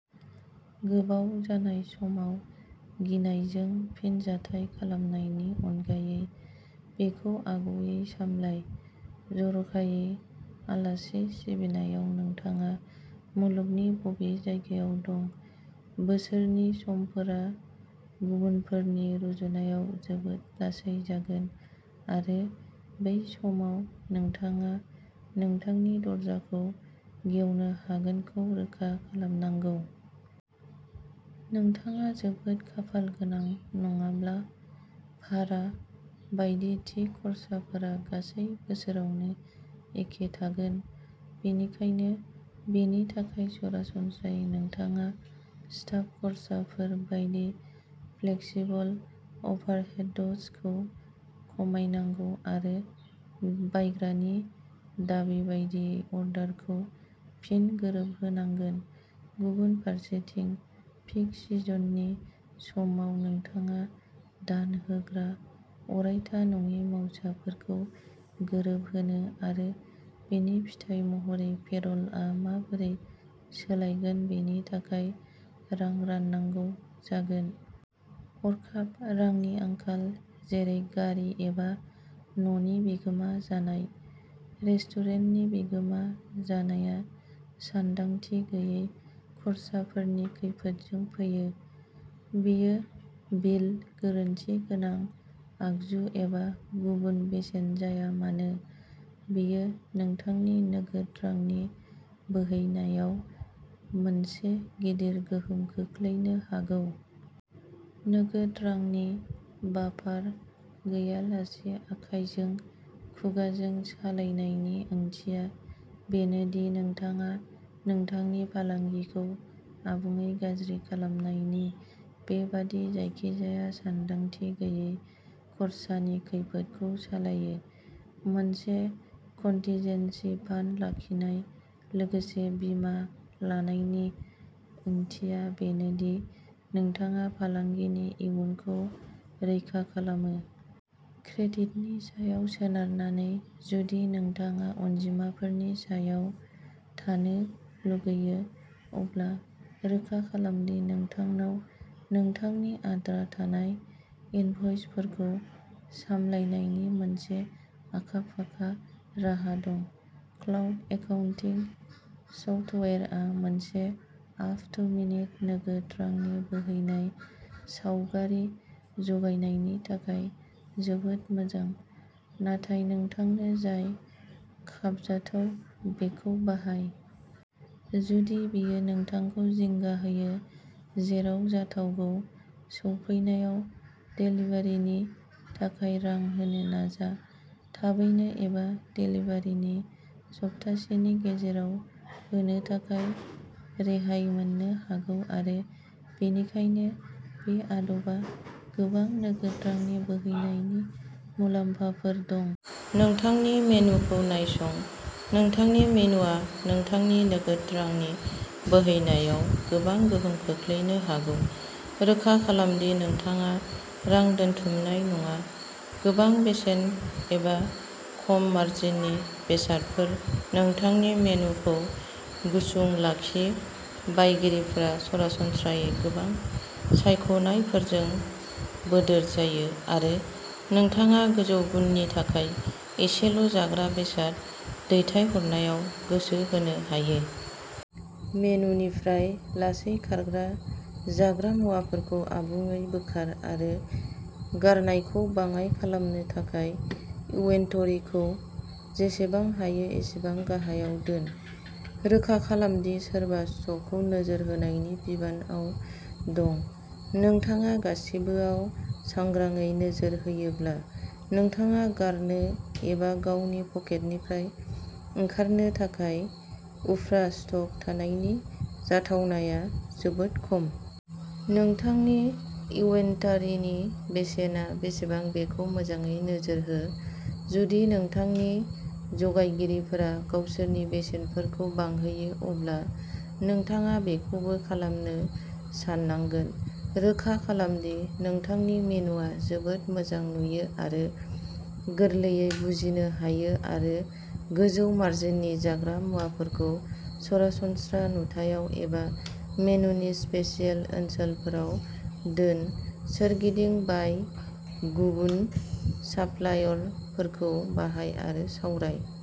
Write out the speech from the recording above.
गोबाव जानाय समाव गिनायजों फिनजाथाय खालामनायनि अनगायै बेखौ आगुयै सामलाय। जर'खायै आलासि सिबिनायाव नोंथाङा मुलुगनि बबे जायगायाव दं, बोसोरनि समफोरा गुबुनफोरनि रुजुनायाव जोबोद लासै जागोन आरो बै समाव नोंथाङा नोंथांनि दरजाखौ गेवनो हागोनखौ रोखा खालामनांगौ। नोंथाङा जोबोद खाफाल गोनां नङाब्ला, भारा बायदि थि खर्साफोरा गासै बोसोरावनो एखे थागोन, बेनिखायनो बेनि थाखाय सरासनस्रायै नोंथाङा स्टाफ खर्साफोर बायदि फ्लेक्सिबल अभारहेड्सखौ खमायनांगौ आरो बायग्रानि दाबि बायदियै अर्डारखौ फिन गोरोबहोनांगोन। गुबुन फारसेथिं, पीक सिजननि समाव नोंथाङा दान होग्रा अरायथा नङि मावसाफोरखौ गोरोबहोनो आरो बेनि फिथाय महरै पेर'लआ माबोरै सोलायगोन बेनि थाखाय रां राननांगौ जागोन। हरखाब रांनि आंखाल जेरै गारि एबा न'नि बिगोमा जानाय, रेस्टुरेन्टनि बिगोमा जानाया सानदांथि गैयै खर्साफोरनि खैफोदजों फैयो। बेयो बिल, गोरोन्थि गोनां आगजु एबा गुबुन बेसेन जाया मानो, बेयो नोंथांनि नोगोद रांनि बोहैनायाव मोनसे गिदिर गोहोम खोख्लैनो हागौ। नोगोद रांनि बाफार गैयालासे आखायजों खुगाजों सालायनायनि ओंथिया बेनो दि नोंथाङा नोंथांनि फालांगिखौ आबुङै गाज्रि खालामनायनि बेबादि जायखिजाया सानदांथि गैयै खरसानि खैफोदखौ सालायो। मोनसे कन्टिजेन्सि फान्ड लाखिनाय, लोगोसे बीमा लानायनि ओंथिया बेनो दि नोंथाङा फालांगिनि इयुनखौ रैखा खालामो। क्रेडिटनि सायाव सोनारनानै जुदि नोंथाङा अनजिमाफोरनि सायाव थानो लुगैयो, अब्ला रोखा खालाम दि नोंथांनाव नोंथांनि आद्रा थानाय इनभ'इसफोरखौ सामलायनायनि मोनसे आखा-फाखा राहा दं। क्लाउड एकाउन्टिंग सफ्टवेयरआ मोनसे आप-टु-मिनिट नोगोद रांनि बोहैनाय सावगारि जगायनायनि थाखाय जोबोद मोजां, नाथाय नोंथांनो जाय खाबजाथाव बेखौ बाहाय। जुदि बेयो नोंथांखौ जिंगा होयो, जेराव जाथावगौ, सफैनायाव देलिभारिनि थाखाय रां होनो नाजा। थाबैनो एबा देलिभारिनि सप्तासेनि गेजेराव होनो थाखाय रेहाय मोननो हागौ आरो बेनिखायनो बे आदबा गोबां नोगोद रांनि बोहैनायनि मुलाम्फाफोर दं। नोंथांनि मेनुखौ नायसं-नोंथांनि मेनुआ नोंथांनि नोगोद रांनि बोहैनायाव गोबां गोहोम खोख्लैनो हागौ। रोखा खालाम दि नोंथाङा रां दोनथुमनाय नङा। गोबां बेसेन एबा खम मार्जिननि बेसादफोर नोंथांनि मेनुखौ गुसुं लाखि बायगिरिफोरा सरासनस्रायै गोबां सायख'नायफोरजों बोदोर जायो आरो नोंथाङा गोजौ गुननि थाखाय एसेल'जाग्रा बेसाद दैथायहरनायाव गोसो होनो हायो। मेनुनिफ्राय लासै खारग्रा जाग्रा मुवाफोरखौ आबुङै बोखार आरो गारनायखौ बाङाइ खालामनो थाखाय इन्वेन्टरिखौ जेसेबां हायो एसेबां गाहायाव दोन। रोखा खालाम दि सोरबा स्टकखौ नोजोर होनायनि बिबानआव दं। नोंथाङा गासिबोआव सांग्राङै नोजोर होयोब्ला नोंथाङा गारनो एबा गावनि पकेटनिफ्राय ओंखारनो थाखाय उफ्रा स्टक थानायनि जाथावनाया जोबोद खम। नोंथांनि इन्वेन्टारिनि बेसेना बेसेबां बेखौ मोजाङै नोजोर हो। जुदि नोंथांनि जगायगिरिफोरा गावसोरनि बेसेनफोरखौ बांहोयो अब्ला नोंथाङा बेखौबो खालामनो साननांगोन। रोखा खालाम दि नोंथांनि मेनुआ जोबोद मोजां नुयो आरो गोरलैयै बुजिनो हायो आरो गोजौ मार्जिननि जाग्रा मुवाफोरखौ सरासनस्रा नुथायाव एबा मेनुनि'स्पेशियेल' ओनसोलफोराव दोन। सोरगिदिं बाय गुबुन साप्लायरफोरखौ बाहाय आरो सावराय।